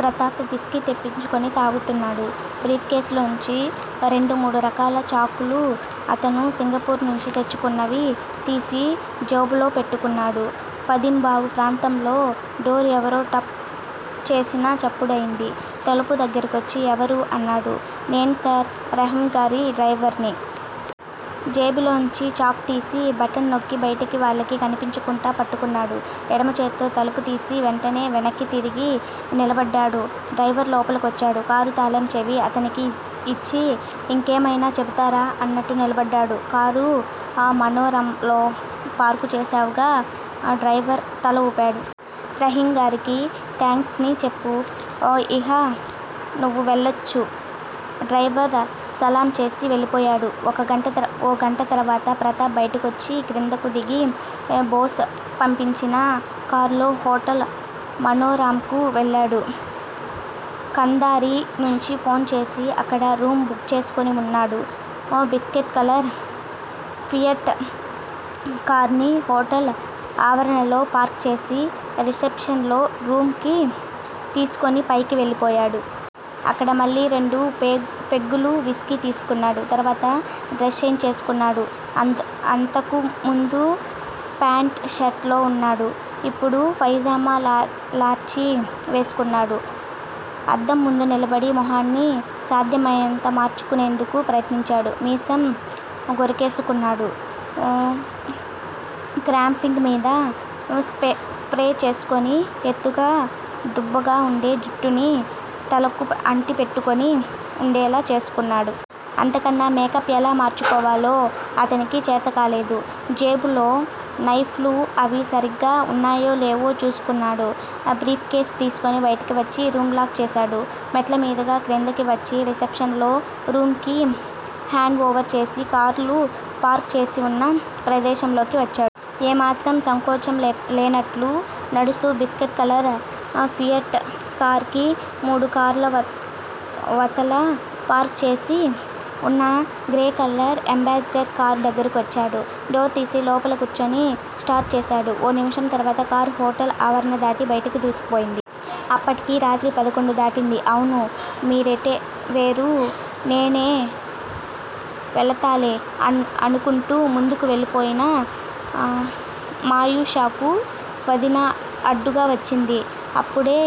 Pratap whisky తెప్పించుకుని తాగుతున్నాడు. Brief కేసులోంచి రెండు మూడు రకాల చాకులు, అతను సింగపూర్ నుంచి తెచ్చుకున్నవి తీసి జేబుల్లో పెట్టుకున్నాడు. పదింబావు ప్రాంతంలో డోర్ ఎవరో టాఫ్ చేసిన చప్పుడయింది. తలుపు దగ్గరకొచ్చి ఎవరు? అన్నాడు. నేను సార్! రహీమ్ గారి డ్రైవర్ని! జేబులోంచి చాకు తీసి, బటన్ నొక్కి బయటి వాళ్ళకి కనిపించకుండా పట్టుకున్నాడు. ఎడమచేత్తో తలుపు తీసి వెంటనే వెనక్కి తిరిగి నిలబడ్డాడు. డ్రైవరు లోపలికొచ్చాడు. కారు తాళం చెవి అతనికి యిచ్చి యింకేమైనా చెబుతారా? అన్నట్లు నిలబడ్డాడు. కారు మనోరమలో పార్కు చేశావుగా! డ్రైవరు తల ఊపాడు. రహీంగారికి థాంక్సని చెప్పు. ఇహ నువ్వు వెళ్ళొచ్చు! డ్రైవరు సలాంచేసి వెళ్ళిపోయాడు. ఓ గంట తర్వాత ప్రతాప్ బయటికొచ్చి క్రిందకు దిగి బోసు పంపించిన కార్లో హోటల్ మనోరమకు వెళ్ళాడు. ఖాంధారీ నుంచి ఫోన్ చేసి అక్కడ రూమ్ బుక్ చేసుకుని వున్నాడు. బిస్కెట్ కలర్ ఫియట్ కారుని హోటల్ ఆవరణలో పార్క్ చేసి, రిసెప్షన్ లో రూం కీ తీసుకుని పైకి వెళ్ళిపోయాడు. అక్కడ మళ్ళీ రెండు పెగ్గులు విస్కీ తీసుకున్నాడు. తర్వాత డ్రెస్ చేంజ్ చేసుకున్నాడు. అంతకు ముందు ప్యాంట్, షర్ట్ తో వున్నాడు. ఇప్పుడు పైజమా, లాల్చీ వేసుకున్నాడు. అద్దంముందు నిలబడి మొహాన్నీ సాధ్యమైనంత మార్చుకునేందుకు ప్రయత్నించాడు. మీసం గొరిగేసుకున్నాడు. క్రాఫింగ్ మీద స్ప్రే చేసుకుని ఎత్తుగా, దుబ్బుగా వుండే జుట్టుని తలకు అంటిపెట్టుకుని వుండేలా చేసుకున్నాడు. అంత కన్నా మేకప్ ఎలా మార్చుకోవాలో అతనికి చేతకాలేదు. జేబులో నైఫ్ లూ అవీ సరిగ్గా వున్నాయో లేవో చూసుకున్నాడు. బ్రీఫ్ కేస్ తీసుకుని బయటకి వచ్చి రూం లాక్ చేశాడు. మెట్లమీదుగా క్రిందకి వచ్చి రిసెప్షన్ లో రూం కీ హాండ్ వోవర్ చేసి కార్లు పార్క్ చేసి వున్న ప్రదేశంలోకి వచ్చాడు. ఏ మాత్రం సంకోచం లేనట్లు నడుస్తూ బిస్కెట్ కలర్ ఫియట్ కారుకి మూడు కార్లవతల పార్కుచేసి వున్న గ్రే కలర్ ఎంబాసిడర్ కారు దగ్గరకు వచ్చాడు. డోర్ తీసి లోపల కూర్చుని స్టార్ట్ చేశాడు. ఓ నిమిషం తర్వాత కారు హోటల్ ఆవరణ దాటి బయటకి దూసుకుపోయింది. అప్పటికి రాత్రి పదకొండు దాటింది. అవును మీరూటే వేరు నేనే వెళతాలే అనుకుంటూ ముందుకు వెళ్ళబోయిన మయూషకు వదిన అడ్డుగా వచ్చింది. అప్పుడే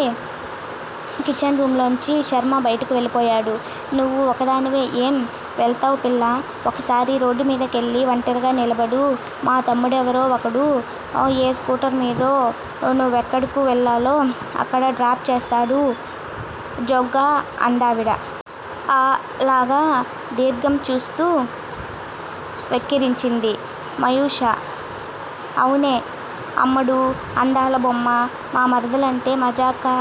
కిచెన్ రూమ్ లోంచి శర్మ బయటకు వెళ్ళిపోయాడు. నువ్వు ఒక్కదానివే ఏం వెళతావ్ పిల్లా ఒక్కసారి రోడ్డుమీద కెళ్ళి వంటరిగా నిలబడు మా తమ్ముడెవరో ఒకడు ఏ స్కూటర్ మీదో నువ్వెక్కడకు వెళ్ళాలో అక్కడ డ్రాప్ చేసేస్తాడు జోగ్గా అందావిడ. అ లా గా దీర్ఘం తీస్తూ వెక్కిరించింది మయూష. అవునే అమ్మడూ అందాల బొమ్మ, మా మరదలంటే మజాకా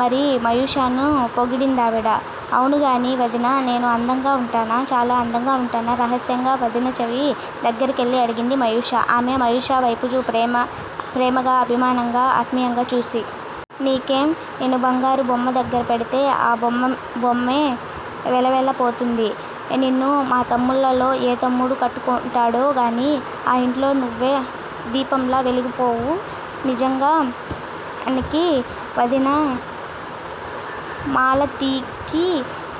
మరి మయూషను పొగిడిందావిడ. అవునుగానీ వదిన నేను అందంగా ఉంటానా? చాలా అందంగా ఉంటానా? రహస్యంగా వదిన చెవి దగ్గరకెళ్ళి అడిగింది మయూష. ఆమె మయూషవేపు ప్రేమగా, అభిమానంగా, ఆత్మీయంగా చూసి. నీకేం? నిన్ను బంగారు బొమ్మదగ్గర పెడితే ఆ బొమ్మే వెలవెల పోతుంది నిన్ను మా తమ్ముళ్ళలో ఏ తమ్ముడు కట్టుకుంటాడో గానీ ఆ యింట్లో నువ్వు దీపంలా వెలిగిపోవూ నిజానికి వదిన మాలతికి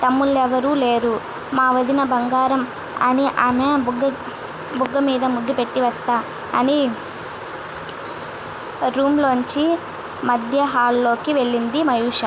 తమ్ముళ్ళెవరూ లేరు. మా వదిన బంగారం అని ఆమె బుగ్గమీద ముద్దుపెట్టి వస్తా అని ఆ రూమ్ లోంచి మధ్యహాల్లోకి వెళ్ళింది మయూష.